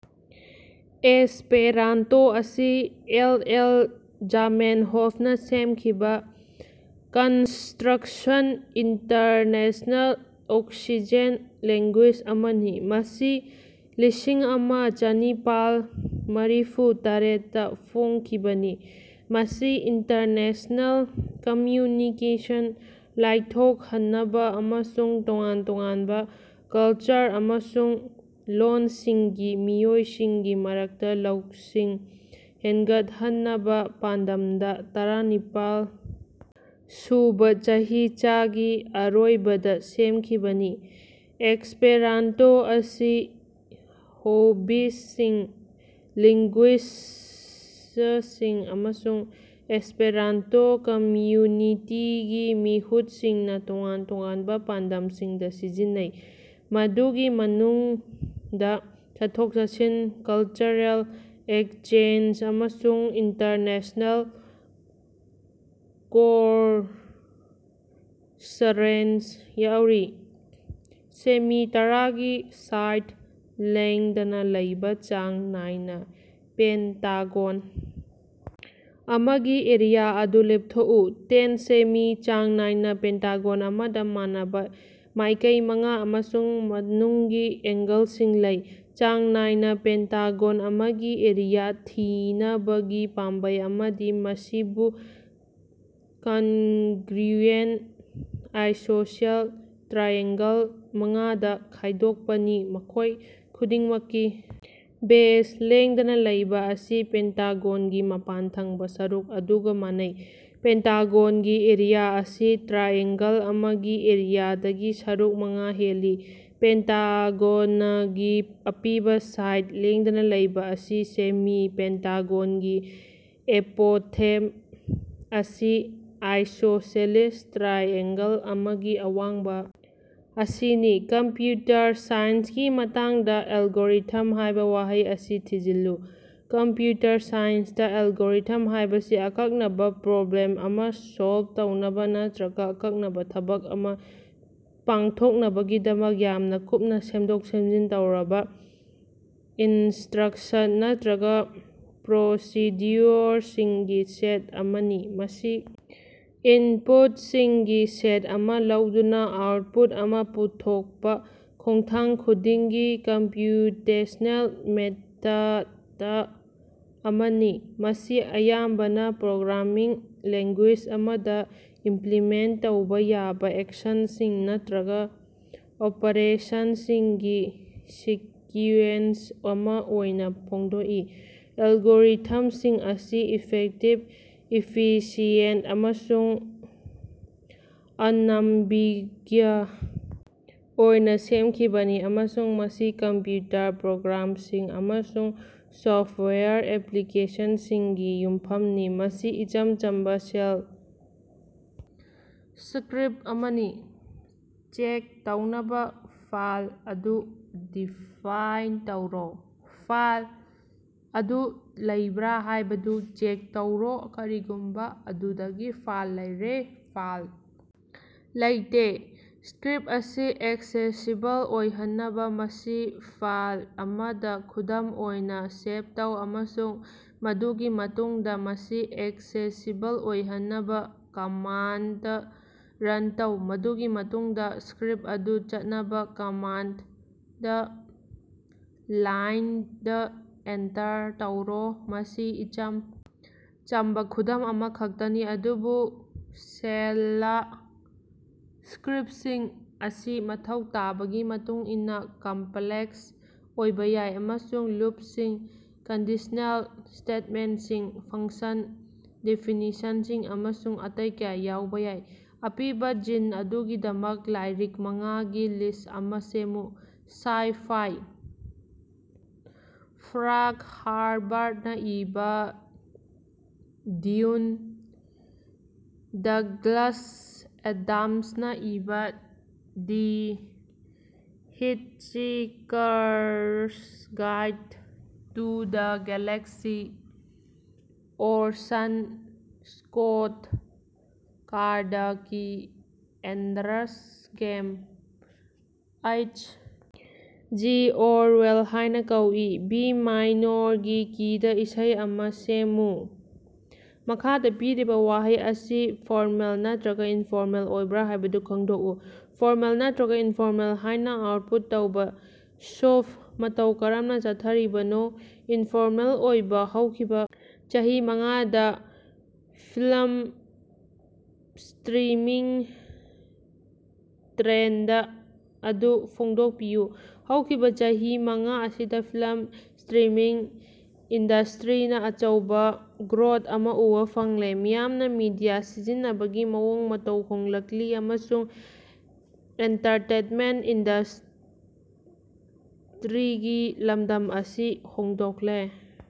Esperanto ꯑꯁꯤ L. L. ꯖꯥꯃꯦꯟꯍꯣꯐꯅ ꯁꯦꯝꯈꯤꯕ ꯀꯟꯁꯇ꯭ꯔꯛꯁꯟ ꯏꯟꯇꯔꯅꯦꯁꯅꯦꯜ ꯑꯣꯛꯁꯤꯖꯦꯟ ꯂꯦꯡꯒꯨ꯭ꯏꯖ ꯑꯃꯅꯤ, ꯃꯁꯤ ꯂꯤꯁꯤꯡꯑꯃ ꯆꯥꯅꯤꯄꯥꯜ ꯃꯔꯤꯐꯨꯇꯔꯦꯠ ꯇ ꯐꯣꯡꯈꯤꯕꯅꯤ, ꯃꯁꯤ ꯏꯟꯇꯔꯅꯦꯁꯅꯦꯜ ꯀꯝꯃ꯭ꯌꯨꯅꯤꯀꯦꯁꯟ ꯂꯥꯏꯊꯣꯛꯍꯟꯅꯕ ꯑꯃꯁꯨꯡ ꯇꯣꯉꯥꯟ ꯇꯣꯉꯥꯟꯕ ꯀꯜꯆꯔ ꯑꯃꯁꯨꯡ ꯂꯣꯜꯁꯤꯡꯒꯤ ꯃꯤꯑꯣꯏꯁꯤꯡꯒꯤ ꯃꯔꯛꯇ ꯂꯧꯁꯤꯡ ꯍꯦꯟꯒꯠꯍꯟꯅꯕ ꯄꯥꯟꯗꯝꯗ ꯇꯔꯥꯅꯤꯄꯥꯜ ꯁꯨꯕ ꯆꯍꯤꯆꯒꯤ ꯑꯔꯣꯏꯕꯗ ꯁꯦꯝꯈꯤꯕꯅꯤ꯫ ꯑꯦꯁꯄꯦꯔꯥꯟꯇꯣ ꯑꯁꯤ ꯍꯣꯕꯤꯁꯁꯤꯡ, ꯂꯤꯡꯒꯨꯏꯖꯁꯤꯡ ꯑꯃꯁꯨꯡ ꯑꯦꯁꯄꯦꯔꯥꯟꯇꯣ ꯀꯝꯃ꯭ꯌꯨꯅꯤꯇꯤꯒꯤ ꯃꯤꯍꯨꯠꯁꯤꯡꯅ ꯇꯣꯉꯥꯟ ꯇꯣꯉꯥꯟꯕ ꯄꯥꯟꯗꯝꯁꯤꯡꯗ ꯁꯤꯖꯤꯟꯅꯩ, ꯃꯗꯨꯒꯤ ꯃꯅꯨꯡꯗ ꯆꯠꯊꯣꯛ-ꯆꯠꯁꯤꯟ, ꯀꯜꯆꯔꯦꯜ ꯑꯦꯛꯁꯆꯦꯟꯖ, ꯑꯃꯁꯨꯡ ꯏꯟꯇꯔꯅꯦꯁꯅꯦꯜ ꯀꯣꯔꯁꯔꯦꯟꯁ ꯌꯥꯎꯔꯤ꯫ ꯁꯦꯃꯤ ꯇꯔꯥꯒꯤ ꯁꯥꯏꯗ ꯂꯦꯡꯗꯅ ꯂꯩꯕ ꯆꯥꯡ ꯅꯥꯏꯅ ꯄꯦꯟꯇꯥꯒꯣꯟ ꯑꯃꯒꯤ ꯑꯦꯔꯤꯌꯥ ꯑꯗꯨ ꯂꯦꯞꯊꯣꯛꯎ꯫ ꯇꯦꯟ ꯁꯦꯃꯤ ꯆꯥꯡ ꯅꯥꯏꯅ ꯄꯦꯟꯇꯥꯒꯣꯟ ꯑꯃꯗ ꯃꯥꯟꯅꯕ ꯃꯥꯏꯀꯩ ꯃꯉꯥ ꯑꯃꯁꯨꯡ ꯃꯅꯨꯡꯒꯤ ꯑꯦꯡꯒꯜꯁꯤꯡ ꯂꯩ꯫ ꯆꯥꯡ ꯅꯥꯏꯅ ꯄꯦꯟꯇꯥꯒꯣꯟ ꯑꯃꯒꯤ ꯑꯦꯔꯤꯌꯥ ꯊꯤꯅꯕꯒꯤ ꯄꯥꯝꯕꯩ ꯑꯃꯗꯤ ꯃꯁꯤꯕꯨ ꯀꯟꯒ꯭ꯔꯨꯌꯦꯟꯠ ꯑꯥꯏꯁꯣꯁꯦꯜ ꯇ꯭ꯔꯥꯏꯑꯦꯡꯒꯜ ꯃꯉꯥꯗ ꯈꯥꯏꯗꯣꯛꯄꯅꯤ, ꯃꯈꯣꯏ ꯈꯨꯗꯤꯡꯃꯛꯀꯤ ꯕꯦꯖ ꯂꯦꯡꯗꯅ ꯂꯩꯕ ꯑꯁꯤ ꯄꯦꯟꯇꯥꯒꯣꯟꯒꯤ ꯃꯄꯥꯟ ꯊꯪꯕ ꯁꯔꯨꯛ ꯑꯗꯨꯒ ꯃꯥꯟꯅꯩ꯫ ꯄꯦꯟꯇꯥꯒꯣꯟꯒꯤ ꯑꯦꯔꯤꯌꯥ ꯑꯁꯤ ꯇ꯭ꯔꯥꯏꯑꯦꯡꯒꯜ ꯑꯃꯒꯤ ꯑꯦꯔꯤꯌꯥꯗꯒꯤ ꯁꯔꯨꯛ ꯃꯉꯥ ꯍꯦꯜꯂꯤ꯫ ꯄꯦꯟꯇꯥꯒꯣꯅꯒꯤ ꯑꯄꯤꯕ ꯁꯥꯏꯗ ꯂꯦꯡꯗꯅ ꯂꯩꯕ ꯑꯁꯤ ꯁꯦꯃꯤ ꯄꯦꯟꯇꯥꯒꯣꯟꯒꯤ ꯑꯦꯄꯣꯊꯦꯝ ꯑꯁꯤ ꯑꯥꯏꯁꯣꯁꯦꯂꯤꯁ ꯇ꯭ꯔꯥꯏꯑꯦꯡꯒꯜ ꯑꯃꯒꯤ ꯑꯋꯥꯡꯕ ꯑꯁꯤꯅꯤ꯫ ꯀꯝꯄ꯭ꯌꯨꯇꯔ ꯁꯥꯏꯟꯁꯀꯤ ꯃꯇꯥꯡꯗ "ꯑꯦꯜꯒꯣꯔꯤꯊꯝ" ꯍꯥꯏꯕ ꯋꯥꯍꯩ ꯑꯁꯤ ꯊꯤꯖꯤꯜꯂꯨ꯫ ꯀꯝꯄ꯭ꯌꯨꯇꯔ ꯁꯥꯏꯟꯁꯇ, ꯑꯦꯜꯒꯣꯔꯤꯊꯝ ꯍꯥꯏꯕꯁꯤ ꯑꯀꯛꯅꯕ ꯄ꯭ꯔꯣꯕ꯭ꯂꯦꯝ ꯑꯃ ꯁꯣꯜꯕ ꯇꯧꯅꯕ ꯅꯠꯇ꯭ꯔꯒ ꯑꯀꯛꯅꯕ ꯊꯕꯛ ꯑꯃ ꯄꯥꯡꯊꯣꯛꯅꯕꯒꯤꯗꯃꯛ ꯌꯥꯝꯅ ꯀꯨꯞꯅ ꯁꯦꯝꯗꯣꯛ-ꯁꯦꯝꯖꯤꯟ ꯇꯧꯔꯕ ꯏꯟꯁꯇ꯭ꯔꯛꯁꯟ ꯅꯠꯇ꯭ꯔꯒ ꯄ꯭ꯔꯣꯁꯤꯗ꯭ꯌꯨꯑꯣꯔꯁꯤꯡꯒꯤ ꯁꯦꯠ ꯑꯃꯅꯤ꯫ ꯃꯁꯤ ꯏꯟꯄꯨꯠꯁꯤꯡꯒꯤ ꯁꯦꯠ ꯑꯃ ꯂꯧꯗꯨꯅ ꯑꯥꯎꯠꯄꯨꯠ ꯑꯃ ꯄꯨꯊꯣꯛꯄ ꯈꯣꯡꯊꯥꯡ ꯈꯨꯗꯤꯡꯒꯤ ꯀꯝꯄ꯭ꯌꯨꯇꯦꯁꯅꯦꯜ ꯃꯦꯊꯗ ꯑꯃꯅꯤ, ꯃꯁꯤ ꯑꯌꯥꯝꯕꯅ ꯄ꯭ꯔꯣꯒ꯭ꯔꯥꯃꯤꯡ ꯂꯦꯡꯒꯨ꯭ꯏꯖ ꯑꯃꯗ ꯏꯝꯄ꯭ꯂꯤꯃꯦꯟꯇ ꯇꯧꯕ ꯌꯥꯕ ꯑꯦꯛꯁꯟꯁꯤꯡ ꯅꯠꯇ꯭ꯔꯒ ꯑꯣꯄꯔꯦꯁꯟꯁꯤꯡꯒꯤ ꯁꯤꯀꯨ꯭ꯌꯦꯟꯁ ꯑꯃ ꯑꯣꯏꯅ ꯐꯣꯡꯗꯣꯛꯏ꯫ ꯑꯦꯜꯒꯣꯔꯤꯊꯝꯁꯤꯡ ꯑꯁꯤ ꯏꯐꯦꯛꯇꯤꯕ, ꯏꯐꯤꯁꯤꯌꯦꯟꯠ ꯑꯃꯁꯨꯡ ꯑꯅꯝꯕꯤꯒ꯭ꯌ ꯑꯣꯏꯅ ꯁꯦꯝꯈꯤꯕꯅꯤ ꯑꯃꯁꯨꯡ ꯃꯁꯤ ꯀꯝꯄ꯭ꯌꯨꯇꯔ ꯄ꯭ꯔꯣꯒ꯭ꯔꯥꯝꯁꯤꯡ ꯑꯃꯁꯨꯡ ꯁꯣꯐꯋꯦꯌꯔ ꯑꯦꯄ꯭ꯂꯤꯀꯦꯁꯟꯁꯤꯡꯒꯤ ꯌꯨꯝꯐꯝꯅꯤ꯫ ꯃꯁꯤ ꯏꯆꯝ ꯆꯝꯕ ꯁꯦꯜ ꯁ꯭ꯀꯔꯤꯞ ꯑꯃꯅꯤ꯫ ꯆꯦꯛ ꯇꯧꯅꯕ ꯐꯥꯏꯜ ꯑꯗꯨ ꯗꯤꯐꯥꯏꯟ ꯇꯧꯔꯣ꯫ ꯐꯥꯏꯜ ꯑꯗꯨ ꯂꯩꯕ꯭ꯔꯥ ꯍꯥꯏꯕꯗꯨ ꯆꯦꯛ ꯇꯧꯔꯣ ꯀꯔꯤꯒꯨꯝꯕ ꯑꯗꯨꯗꯒꯤ ꯐꯥꯏꯜ ꯂꯩꯔꯦ꯫ ꯐꯥꯏꯜ ꯂꯩꯇꯦ ꯁ꯭ꯀꯔꯤꯞ ꯑꯁꯤ ꯑꯦꯛꯁꯦꯁꯤꯕꯜ ꯑꯣꯏꯍꯟꯅꯕ, ꯃꯁꯤ ꯐꯥꯏꯜ ꯑꯃꯗ (ꯈꯨꯗꯝ ꯑꯣꯏꯅꯥ ) ꯁꯦꯚ ꯇꯧ ꯑꯃꯁꯨꯡ ꯃꯗꯨꯒꯤ ꯃꯇꯨꯡꯗ ꯃꯁꯤ ꯑꯦꯛꯁꯦꯁꯤꯕꯜ ꯑꯣꯏꯍꯟꯅꯕ, ꯀꯃꯥꯟꯗ ꯔꯟ ꯇꯧ, ꯃꯗꯨꯒꯤ ꯃꯇꯨꯡꯗꯥ ꯁ꯭ꯀꯔꯤꯞ ꯑꯗꯨ ꯆꯠꯅꯕ ꯀꯃꯥꯟꯗ ꯂꯥꯏꯟꯗ ꯑꯦꯟꯇꯔ ꯇꯧꯔꯣ ꯃꯁꯤ ꯏꯆꯝ ꯆꯝꯕ ꯈꯨꯗꯝ ꯑꯃꯈꯛꯇꯅꯤ ꯑꯗꯨꯕꯨ ꯁꯦꯜꯂ ꯁ꯭ꯀꯔꯤꯞꯁꯤꯡ ꯑꯁꯤ ꯃꯊꯧ ꯇꯥꯕꯒꯤ ꯃꯇꯨꯡꯏꯟꯅ ꯀꯝꯄ꯭ꯂꯦꯛꯁ ꯑꯣꯏꯕ ꯌꯥꯏ, ꯑꯃꯁꯨꯡ ꯂꯨꯞꯁꯤꯡ, ꯀꯟꯗꯤꯁꯅꯦꯜ ꯁ꯭ꯇꯦꯠꯃꯦꯟꯠꯁꯤꯡ, ꯐꯪꯁꯟ ꯗꯦꯐꯤꯅꯤꯁꯟꯁꯤꯡ ꯑꯃꯁꯨꯡ ꯑꯇꯩ ꯀꯌꯥ ꯌꯥꯎꯕ ꯌꯥꯏ꯫ ꯑꯄꯤꯕ ꯖꯤꯟ ꯑꯗꯨꯒꯤꯗꯃꯛ ꯂꯥꯏꯔꯤꯛ ꯃꯉꯥ ꯒꯤ ꯂꯤꯁ ꯑꯃ ꯁꯦꯝꯃꯨ꯫ ꯁꯥꯏ-ꯐꯥꯏ: ꯐ꯭ꯔꯥꯡꯛ ꯍꯔꯕꯔꯠꯅ ꯏꯕ "ꯗ꯭ꯌꯨꯟ", ꯗꯒ꯭ꯂꯁ ꯑꯦꯗꯝꯁꯅ ꯏꯕ "the Hitchhiker's Guide to the Galaxy", Orson Scott ꯀꯥꯔꯗꯀꯤ "Ender's Game", H. G Orwell ꯍꯥꯏꯅ ꯀꯧꯏ꯫ ꯕꯤ ꯃꯥꯏꯅꯣꯔꯒꯤ ꯀꯤꯗ ꯏꯁꯩ ꯑꯃ ꯁꯦꯝꯃꯨ꯫ ꯃꯈꯥꯗ ꯄꯤꯔꯤꯕꯥ ꯋꯥꯍꯩ ꯑꯁꯤ ꯐꯣꯔꯃꯦꯜ ꯅꯠꯇ꯭ꯔꯒ ꯏꯟꯐꯣꯔꯃꯦꯜ ꯑꯣꯏꯕ꯭ꯔꯥ ꯍꯥꯏꯕꯗꯨ ꯈꯪꯗꯣꯛꯎ꯫ "ꯐꯣꯔꯃꯦꯜ" ꯅꯠꯇ꯭ꯔꯒ "ꯏꯅꯐꯣꯔꯃꯦꯜ" ꯍꯥꯏꯅ ꯑꯥꯎꯠꯄꯨꯠ ꯇꯧꯕ꯫ ꯁꯨꯞ, ꯃꯇꯧ ꯀꯔꯝꯅ ꯆꯠꯊꯔꯤꯕꯅꯣ? ꯏꯟꯐꯣꯔꯃꯦꯜ ꯑꯣꯏꯕ꯫ ꯍꯧꯈꯤꯕ ꯆꯍꯤ ꯃꯉꯥꯗ ꯐꯤꯜꯝ ꯁ꯭ꯇꯔꯤꯃꯤꯡ ꯇ꯭ꯔꯦꯟꯗ ꯑꯗꯨ ꯐꯣꯡꯗꯣꯛꯄꯤꯌꯨ꯫ ꯍꯧꯈꯤꯕ ꯆꯍꯤ ꯃꯉꯥ ꯑꯁꯤꯗ ꯐꯤꯜꯝ ꯁ꯭ꯇꯔꯤꯃꯤꯡ ꯏꯟꯗꯁꯇꯔꯤꯅ ꯑꯆꯧꯕ ꯒ꯭ꯔꯣꯊ ꯑꯃ ꯎꯕ ꯐꯪꯂꯦ, ꯃꯤꯌꯥꯝꯅ ꯃꯤꯗꯤꯌꯥ ꯁꯤꯖꯤꯟꯅꯕꯒꯤ ꯃꯑꯣꯡ ꯃꯇꯧ ꯍꯣꯡꯂꯛꯂꯤ ꯑꯃꯁꯨꯡ ꯑꯦꯟꯇꯔꯇꯦꯟꯃꯦꯟꯠ ꯏꯟꯗꯁ꯭ꯠꯔꯤꯒꯤ ꯂꯝꯗꯝ ꯑꯁꯤ ꯍꯣꯡꯗꯣꯛꯂꯦ꯫